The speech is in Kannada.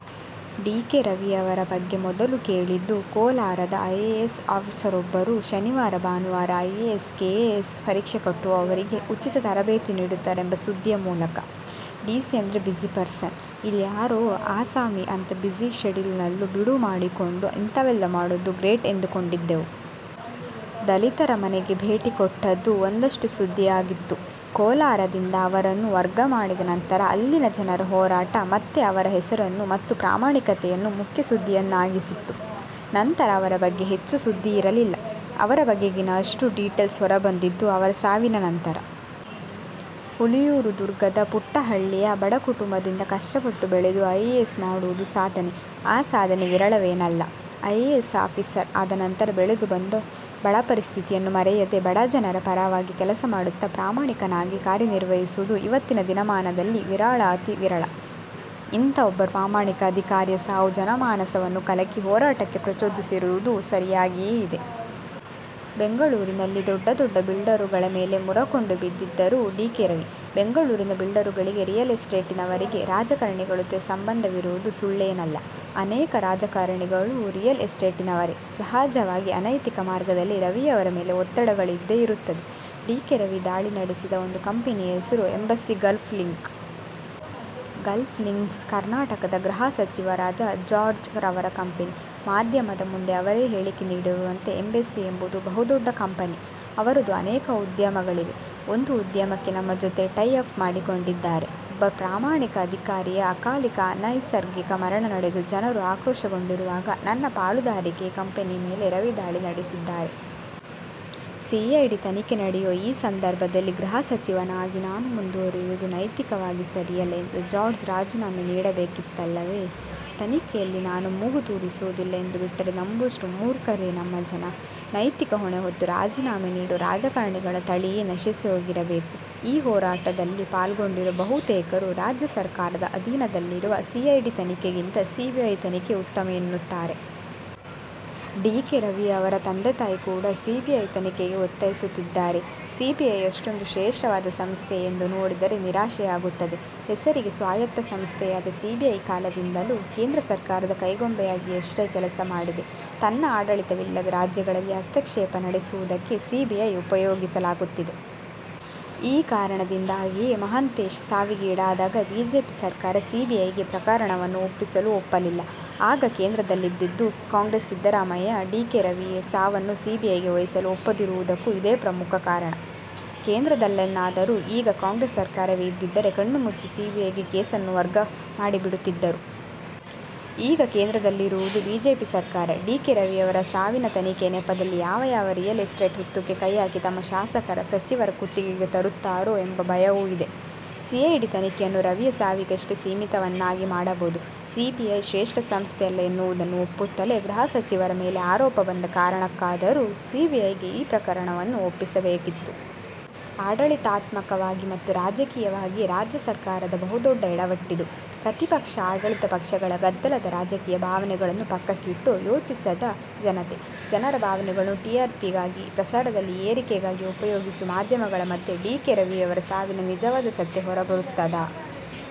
ಡಿ. ಕೆ. ರವಿಯವರ ಬಗ್ಗೆ ಮೊದಲು ಕೇಳಿದ್ದು ಕೋಲಾರದ ಐಎಎಸ್ ಆಫೀಸರ್ರೊಬ್ಬರು ಶನಿವಾರ ಭಾನುವಾರ ಐಎಎಸ್ ಕೆಎಎಸ್ ಪರೀಕ್ಷೆ ಕಟ್ಟುವವರಿಗೆ ಉಚಿತ ತರಬೇತಿ ನೀಡುತ್ತಾರೆ ಎಂಬ ಸುದ್ದಿಯ ಮೂಲಕ. ಡಿಸಿ ಅಂದ್ರೆ ಬ್ಯುಸಿ ಪರ್ಸನ್, ಇಲ್ಯಾರೋ ಆಸಾಮಿ ಅಂಥ ಬ್ಯುಸಿ ಶೆಡ್ಯೂಲಿನಲ್ಲೂ ಬಿಡುವು ಮಾಡಿಕೊಂಡು ಇಂತವೆಲ್ಲ ಮಾಡೋದು ಗ್ರೇಟ್ ಎಂದುಕೊಂಡಿದ್ದೆವು. ದಲಿತರ ಮನೆಗೆ ಭೇಟಿ ಕೊಟ್ಟದ್ದು ಒಂದಷ್ಟು ಸುದ್ದಿಯಾಗಿತ್ತು. ಕೋಲಾರದಿಂದ ಅವರನ್ನು ವರ್ಗ ಮಾಡಿದ ನಂತರ ಅಲ್ಲಿನ ಜನರ ಹೋರಾಟ ಮತ್ತೆ ಅವರ ಹೆಸರನ್ನು ಮತ್ತು ಪ್ರಾಮಾಣಿಕತೆಯನ್ನು ಮುಖ್ಯಸುದ್ದಿಯನ್ನಾಗಿಸಿತ್ತು. ನಂತರ ಅವರ ಬಗ್ಗೆ ಹೆಚ್ಚು ಸುದ್ದಿಯಿರಲಿಲ್ಲ. ಅವರ ಬಗೆಗಿನ ಅಷ್ಟೂ ಡೀಟೇಲ್ಸ್ ಹೊರಬಂದಿದ್ದು ಅವರ ಸಾವಿನ ನಂತರ. ಹುಲಿಯೂರುದುರ್ಗದ ಪುಟ್ಟ ಹಳ್ಳಿಯ ಬಡಕುಟುಂಬದಿಂದ ಕಷ್ಟಪಟ್ಟು ಬೆಳೆದು ಐಎಎಸ್ ಮಾಡುವುದು ಸಾಧನೆ, ಆ ಸಾಧನೆ ವಿರಳವೇನಲ್ಲ. ಐಎಎಸ್ ಆಫೀಸರ್ ಆದ ನಂತರ ಬೆಳೆದು ಬಂದ ಬಡಪರಿಸ್ಥಿತಿಯನ್ನು ಮರೆಯದೆ ಬಡಜನರ ಪರವಾಗಿ ಕೆಲಸ ಮಾಡುತ್ತ ಪ್ರಾಮಾಣಿಕನಾಗಿ ಕಾರ್ಯನಿರ್ವಹಿಸುವುದು ಇವತ್ತಿನ ದಿನಮಾನದಲ್ಲಿ ವಿರಳಾತಿ ವಿರಳ. ಇಂಥ ಒಬ್ಬ ಪ್ರಾಮಾಣಿಕ ಅಧಿಕಾರಿಯ ಸಾವು ಜನಮಾನಸವನ್ನು ಕಲಕಿ ಹೋರಾಟಕ್ಕೆ ಪ್ರಚೋದಿಸಿರುವುದು ಸರಿಯಾಗಿಯೇ ಇದೆ. ಬೆಂಗಳೂರಿನಲ್ಲಿ ದೊಡ್ಡ ದೊಡ್ಡ ಬಿಲ್ಡರುಗಳ ಮೇಲೆ ಮುರಕೊಂಡು ಬಿದ್ದಿದ್ದರು ಡಿ. ಕೆ. ರವಿ. ಬೆಂಗಳೂರಿನ ಬಿಲ್ಡರುಗಳಿಗೆ, ರಿಯಲ್ ಎಸ್ಟೇಟಿನವರಿಗೆ ರಾಜಕಾರಣಿಗಳ ಜೊತೆ ಸಂಬಂಧವಿರುವುದು ಸುಳ್ಳೇನಲ್ಲ. ಅನೇಕ ರಾಜಕಾರಣಿಗಳೂ ರಿಯಲ್ ಎಸ್ಟೇಟಿನವರೇ. ಸಹಜವಾಗಿ ಅನೈತಿಕ ಮಾರ್ಗದಲ್ಲಿ ರವಿಯವರ ಮೇಲೆ ಒತ್ತಡಗಳಿದ್ದೇ ಇರುತ್ತದೆ. ಡಿ. ಕೆ. ರವಿ ದಾಳಿ ನಡೆಸಿದ ಒಂದು ಕಂಪನಿಯ ಹೆಸರು Embassy Gulf Link. Gulf Links ಕರ್ನಾಟಕದ ಗೃಹಸಚಿವರಾದ ಜಾರ್ಜ್ ರವರ ಕಂಪನಿ. ಮಾಧ್ಯಮದ ಮುಂದೆ ಅವರೇ ಹೇಳಿಕೆ ನೀಡಿರುವಂತೆ 'ಎಂಬೆಸ್ಸಿ ಎಂಬುದು ಬಹುದೊಡ್ಡ ಕಂಪನಿ. ಅವರದು ಅನೇಕ ಉದ್ಯಮಗಳಿವೆ. ಒಂದು ಉದ್ಯಮಕ್ಕೆ ನಮ್ಮ ಜೊತೆ ಟೈಅಪ್ ಮಾಡಿಕೊಂಡಿದ್ದಾರೆ'. ಒಬ್ಬ ಪ್ರಾಮಾಣಿಕ ಅಧಿಕಾರಿಯ ಅಕಾಲಿಕ ಅನೈಸರ್ಗಿಕ ಮರಣ ನಡೆದು ಜನರು ಆಕ್ರೋಶಗೊಂಡಿರುವಾಗ 'ನನ್ನ ಪಾಲುದಾರಿಕೆಯ ಕಂಪನಿಯ ಮೇಲೆ ರವಿ ದಾಳಿ ನಡೆಸಿದ್ದಾರೆ. ಸಿಐಡಿ ತನಿಖೆ ನಡೆಯುವ ಈ ಸಂದರ್ಭದಲ್ಲಿ ಗೃಹಸಚಿವನಾಗಿ ನಾನು ಮುಂದುವರೆಯುವುದು ನೈತಿಕವಾಗಿ ಸರಿಯಲ್ಲ' ಎಂದು ಜಾರ್ಜ್ ರಾಜೀನಾಮೆ ನೀಡಬೇಕಿತ್ತಲ್ಲವೇ? ತನಿಖೆಯಲ್ಲಿ ನಾನು ಮೂಗು ತೂರಿಸುವುದಿಲ್ಲ ಎಂದುಬಿಟ್ಟರೆ ನಂಬುವಷ್ಟು ಮೂರ್ಖರೇ ನಮ್ಮ ಜನ. ನೈತಿಕ ಹೊಣೆ ಹೊತ್ತು ರಾಜೀನಾಮೆ ನೀಡುವ ರಾಜಕಾರಣಿಗಳ ತಳಿಯೇ ನಶಿಸಿಹೋಗಿರಬೇಕು. ಈ ಹೋರಾಟದಲ್ಲಿ ಪಾಲ್ಗೊಂಡಿರುವ ಬಹುತೇಕರು ರಾಜ್ಯ ಸರಕಾರದ ಅಧೀನದಲ್ಲಿರುವ ಸಿಐಡಿ ತನಿಖೆಗಿಂತ ಸಿಬಿಐ ತನಿಖೆ ಉತ್ತಮ ಎನ್ನುತ್ತಾರೆ. ಡಿ. ಕೆ. ರವಿಯವರ ತಂದೆ ತಾಯಿ ಕೂಡ ಸಿಬಿಐ ತನಿಖೆಗೆ ಒತ್ತಾಯಿಸುತ್ತಿದ್ದಾರೆ. ಸಿಬಿಐ ಅಷ್ಟೊಂದು ಶ್ರೇಷ್ಟವಾದ ಸಂಸ್ಥೆಯೇ ಎಂದು ನೋಡಿದರೆ ನಿರಾಶೆಯಾಗುತ್ತದೆ. ಹೆಸರಿಗೆ ಸ್ವಾಯತ್ತ ಸಂಸ್ಥೆಯಾದ ಸಿಬಿಐ ಕಾಲದಿಂದಲೂ ಕೇಂದ್ರ ಸರಕಾರದ ಕೈಗೊಂಬೆಯಾಗಿಯಷ್ಟೇ ಕೆಲಸ ಮಾಡಿದೆ. ತನ್ನ ಆಡಳಿತವಿಲ್ಲದ ರಾಜ್ಯಗಳಲ್ಲಿ ಹಸ್ತಕ್ಷೇಪ ನಡೆಸುವುದಕ್ಕೆ ಸಿಬಿಐ ಉಪಯೋಗಿಸಲಾಗುತ್ತಿದೆ. ಈ ಕಾರಣದಿಂದಾಗಿಯೇ ಮಹಂತೇಶ್ ಸಾವಿಗೀಡಾದಾಗ ಬಿಜೆಪಿ ಸರಕಾರ ಸಿಬಿಐಗೆ ಪ್ರಕರಣವನ್ನು ಒಪ್ಪಿಸಲು ಒಪ್ಪಲಿಲ್ಲ. ಆಗ ಕೇಂದ್ರದಲ್ಲಿದ್ದಿದ್ದು ಕಾಂಗ್ರೆಸ್! ಸಿದ್ಧರಾಮಯ್ಯ ಡಿ. ಕೆ. ರವಿಯ ಸಾವನ್ನು ಸಿಬಿಐಗೆ ವಹಿಸಲು ಒಪ್ಪದಿರುವುದಕ್ಕೂ ಇದೇ ಪ್ರಮುಖ ಕಾರಣ. ಕೇಂದ್ರದಲ್ಲೇನಾದರೂ ಈಗ ಕಾಂಗ್ರೆಸ್ ಸರಕಾರವೇ ಇದ್ದಿದ್ದರೆ ಕಣ್ಣುಮುಚ್ಚಿ ಸಿಬಿಐಗೆ ಕೇಸನ್ನು ವರ್ಗ ಮಾಡಿಬಿಡುತ್ತಿದ್ದರು. ಈಗ ಕೇಂದ್ರದಲ್ಲಿರುವುದು ಬಿಜೆಪಿ ಸರಕಾರ. ಡಿ. ಕೆ. ರವಿಯವರ ಸಾವಿನ ತನಿಖೆಯ ನೆಪದಲ್ಲಿ ಯಾವ ಯಾವ ರಿಯಲ್ ಎಸ್ಟೇಟ್ ಹುತ್ತಕ್ಕೆ ಕೈ ಹಾಕಿ ತಮ್ಮ ಶಾಸಕರ, ಸಚಿವರ ಕುತ್ತಿಗೆಗೆ ತರುತ್ತಾರೋ ಎಂಬ ಭಯವೂ ಇದೆ. ಸಿಐಡಿ ತನಿಖೆಯನ್ನು ರವಿಯ ಸಾವಿಗಷ್ಟೇ ಸೀಮಿತವನ್ನಾಗಿ ಮಾಡಬಹುದು. ಸಿಬಿಐ ಶ್ರೇಷ್ಟ ಸಂಸ್ಥೆಯಲ್ಲ ಎನ್ನುವುದುನ್ನು ಒಪ್ಪುತ್ತಲೇ ಗೃಹಸಚಿವರ ಮೇಲೆ ಆರೋಪ ಬಂದ ಕಾರಣಕ್ಕಾದರೂ ಸಿಬಿಐಗೆ ಈ ಪ್ರಕರಣವನ್ನು ಒಪ್ಪಿಸಬೇಕಿತ್ತು. ಆಡಳಿತಾತ್ಮಕವಾಗಿ ಮತ್ತು ರಾಜಕೀಯವಾಗಿ ರಾಜ್ಯ ಸರಕಾರದ ಬಹುದೊಡ್ಡ ಎಡವಟ್ಟಿದು. ಪ್ರತಿಪಕ್ಷ – ಆಡಳಿತ ಪಕ್ಷಗಳ ಗದ್ದಲದ ರಾಜಕೀಯ, ಭಾವನೆಗಳನ್ನು ಪಕ್ಕಕ್ಕಿಟ್ಟು ಯೋಚಿಸದ ಜನತೆ, ಜನರ ಭಾವನೆಗಳನ್ನು ಟಿ. ಆರ್. ಪಿಗಾಗಿ, ಪ್ರಸಾರದಲ್ಲಿ ಏರಿಕೆಗಾಗಿ ಉಪಯೋಗಿಸುವ ಮಾಧ್ಯಮಗಳ ಮಧ್ಯೆ ಡಿ. ಕೆ. ರವಿಯವರ ಸಾವಿನ ನಿಜವಾದ ಸತ್ಯ ಹೊರಬರುತ್ತದಾ?